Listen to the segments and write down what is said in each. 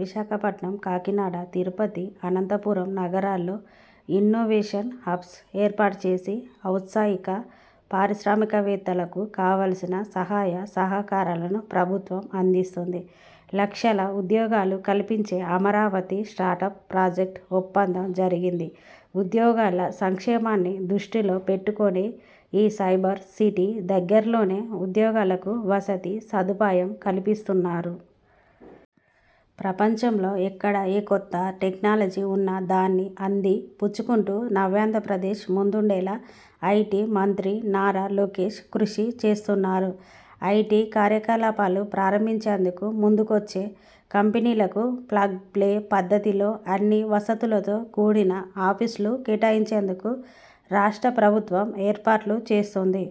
విశాఖపట్నం, కాకినాడ, తిరుపతి, అనంతపురం నగరాల్లో innovation hubs ఏర్పాటు చేసి ఔత్సాహిక పారిశ్రామికవేత్తలకు కావాల్సిన సహాయ సహకారాలను ప్రభుత్వం అందిస్తోంది. లక్షల ఉద్యోగాలు కల్పించే అమరావతి స్టార్టప్ ప్రాజెక్టు ఒప్పందం జరిగింది. ఉద్యోగుల సంక్షేమాన్ని దృష్టిలో పెట్టుకుని ఈ సైబర్ సిటీ దగ్గరలోనే ఉద్యోగులకు వసతి సదుపాయం కల్పిస్తున్నారు. ప్రపంచంలో ఎక్కడ ఏ కొత్తటెక్నాలజీ ఉన్నా దాన్ని అంది పుచ్చుకుంటూ నవ్యాంధ్రప్రదేశ్ ముందుండేలా ఐటీ మంత్రి నారా లోకేశ్ కృషి చేస్తున్నారు. ఐటీకార్యకలాపాలు ప్రారంభించేందుకు ముందుకొచ్చే కంపెనీలకు ప్లగ్&ప్లే పద్ధతిలో అన్ని వసతులతో కూడిన ఆఫీస్లు కేటాయించేందుకు రాష్ట్రప్రభుత్వం ఏర్పాట్లుచేస్తోంది.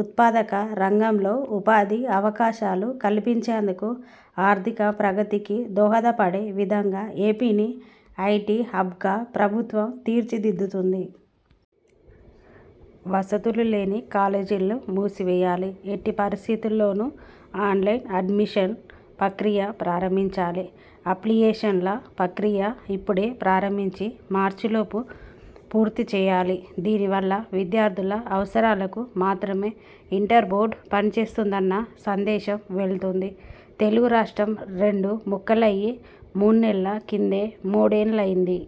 ఉత్పాదక రం గంలో ఉపాధి అవకాశాలు కల్పించేందుకు, ఆర్థిక ప్రగతికి దోహదపడే విధంగా ఏపీని ఐటీ హబ్గా ప్రభుత్వం తీర్చిదిద్దుతుంది. వసతులు లేని కాలేజీలను మూసివేయాలి. ఎట్టి పరిస్థితుల్లోనూ ఆన్లైన్ అడ్మిషన్ ప్రక్రియ ప్రారంభించాలి. అఫిలియేషన్ల ప్రక్రియ ఇప్పుడే ప్రారంభించి మార్చిలోపు పూర్తి చేయాలి. దీనివల్ల విద్యార్థుల అవసరాలకు మాత్రమే ఇంటర్ బోర్డు పనిచేస్తుందన్న సందేశం వెళుతుంది. తెలుగు రాష్ట్రం రెండు ముక్కలయి మూణ్ణెల్ల కిందే మూడేండ్లయింది.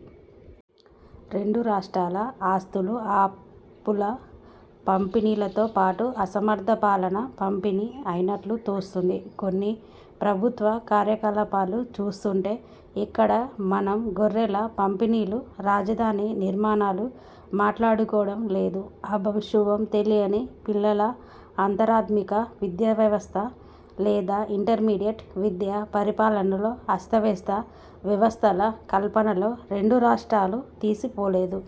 రెండు రాష్ట్రాల ఆస్తులూ అప్పుల పంపిణీలతో పాటు అసమర్థ పాలనా పంపిణీ అయినట్టు తోస్తోంది కొన్ని ప్రభుత్వ కార్యకలాపాలు చూస్తోంటే. ఇక్కడ మనం గొర్రెల పంపిణీలూ, రాజధాని నిర్మాణాలూ మాట్లాడుకోవటం లేదు. అభం శుభం తెలియని పిల్లల అంతర్మాధ్యమిక విద్యావ్యవస్థ లేదా ఇంటర్మీడియట్ విద్యా పరిపాలనలో అస్తవ్యస్త వ్యవస్థల కల్పనలో రెండు రాష్ర్టాలూ తీసిపోలేదు.